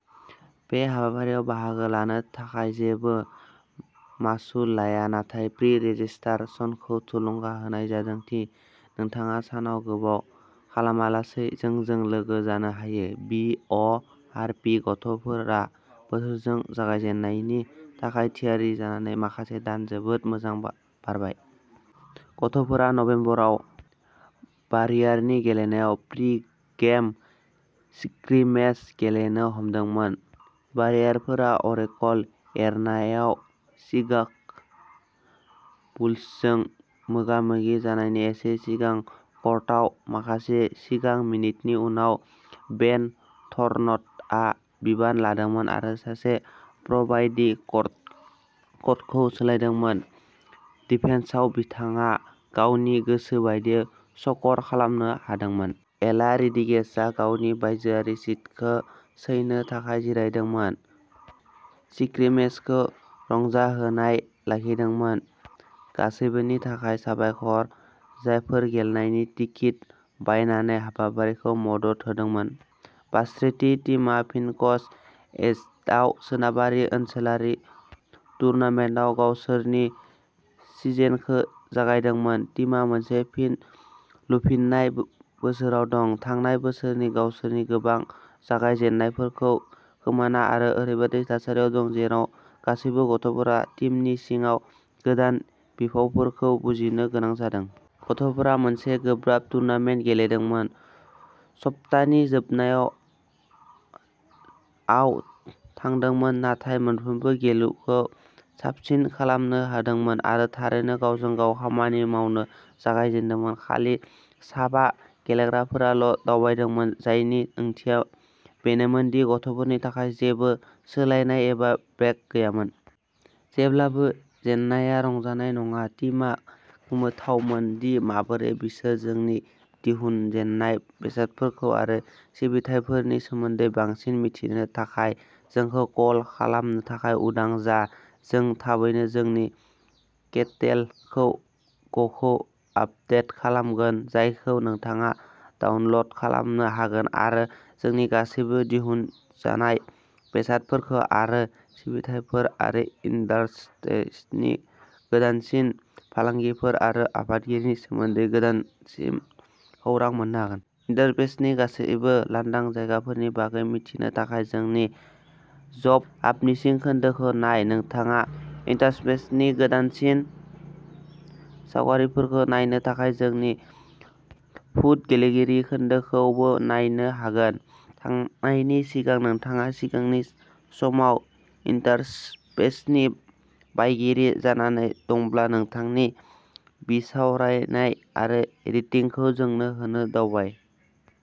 बे हाबाफारियाव बाहागो लानो थाखाय जेबो मासुल लाया नाथाय प्रि-रेजिस्ट्रेशनखौ थुलुंगा होनाय जादों दि नोंथाङा सानाव गोबाव खालामालासै जोंजों लोगो जानो हायो। बि. अ. आर. पि. गथ'फोरा बोथोरनि जागायजेन्नायनि थाखाय थियारि जानानै माखासे दान जोबोद मोजां बारबाय। गथ'फोरा नबेम्बर आव वारियरनि गेलेनायाव प्रि-गेम स्क्रिमेज गेलेनो हादोंमोन, वारियरफोरा अ'रेकल एरिनाआव शिकाग'बुल्सजों मोगा-मोगि जानायनि एसे सिगां। कर्टआव माखासे जिंगा मिनिटननि उनाव, बेन थर्नटनआ बिबान लादोंमोन आरो सासे प्र'बायदि कर्टखौ सालायदोंमोन। डिफेन्सआव बिथाङा गावनि गोसो बादियै स्क'र खालामनो हादोंमोन। एला रड्रिगेजआ गावनि बायजोआरि शटखौ सौनो थाखाय जिरायदोंमोन आरो स्क्रिमेजखौ रंजाहोनाय लाखिदोंमोन। गासिबोनि थाखाय साबायखर, जायफोरा गेलेनायनि टिकेट बायनानै हाबाफारिखौ मदद होदोंमोन। वार्सिटी टीमा फिनिक्स, एजेडआव सोनाबारि ओनसोलारि टुर्नामेन्टआव गावसोरनि सिजनखौ जागायदोंमोन। टीमा मोनसे फिन लुफिननाय बोसोराव दं, थांनाय बोसोरनि गावसोरनि गोबां जागायजेन्नायफोरखौ खोमाना, आरो ओरैबायदि थासारियाव दं जेराव गासैबो गथ'फोरा टीमनि सिङाव गोदान बिफावफोरखौ बुजिनो गोनां जादों। गथ'फोरा मोनसे गोब्राब टुर्नामेन्ट गेलेदोंमोन, सप्तानि जोबनायाव आव थांदोंमोन, नाथाय मोनफ्रोमबो गेलेमुखौ साबसिन खालामनो हादोंमोन आरो थारैनो गावजों-गाव खामानि मावनो जागायदोंमोन। खालि साबा गेलेगिरिफोराल'दावबायदोंमोन, जायनि ओंथिया बेनोमोन दि गथ'फोरनि थाखाय जेबो सोलायनाय एबा ब्रेक गैयामोन। जेब्लानो जेननाया रंजानाय नङा, टीमा गोमोथावमोन दि माबोरै बिसोर। जोंनि दिहुनजानाय बेसादफोर आरो सिबिथाइफोरनि सोमोन्दै बांसिन मिथिनो थाखाय जोंखौ कल खालामनो थाखाय उदां जा। जों थाबैनो जोंनि केटेल'गखौ आपदेट खालामगोन, जायखौ नोंथाङा डाउनल'ड खालामनो हागोन आरो जोंनि गासैबो दिहुनजानाय बेसादफोर आरो सिबिथायफोर आरो इन्टारस्पेसनि गोदानसिन फालांगिफोर आरो अफारफोरनि सोमोन्दै गोदानसिन खौरां मोन्नो हागोन। इन्टारस्पेसनि गासिबो लांदां जायगाफोरनि बागै मिथिनो थाखाय जोंनि जब ओपनिंस खोन्दोखौ नाय। नोंथाङा इन्टारस्पेसनि गोदानसिन सावगारिफोरखौ नायनो थाखाय जोंनि फट'गेलारि खोन्दोखौबो नायनो हागोन। थांनायनि सिगां, नोंथाङा सिगांनि समाव इन्टारस्पेसनि बायगिरि जानानै दंब्ला नोंथांनि बिसावरायनाय आरो रेटिंखौ जोंनो होनो दाबाव।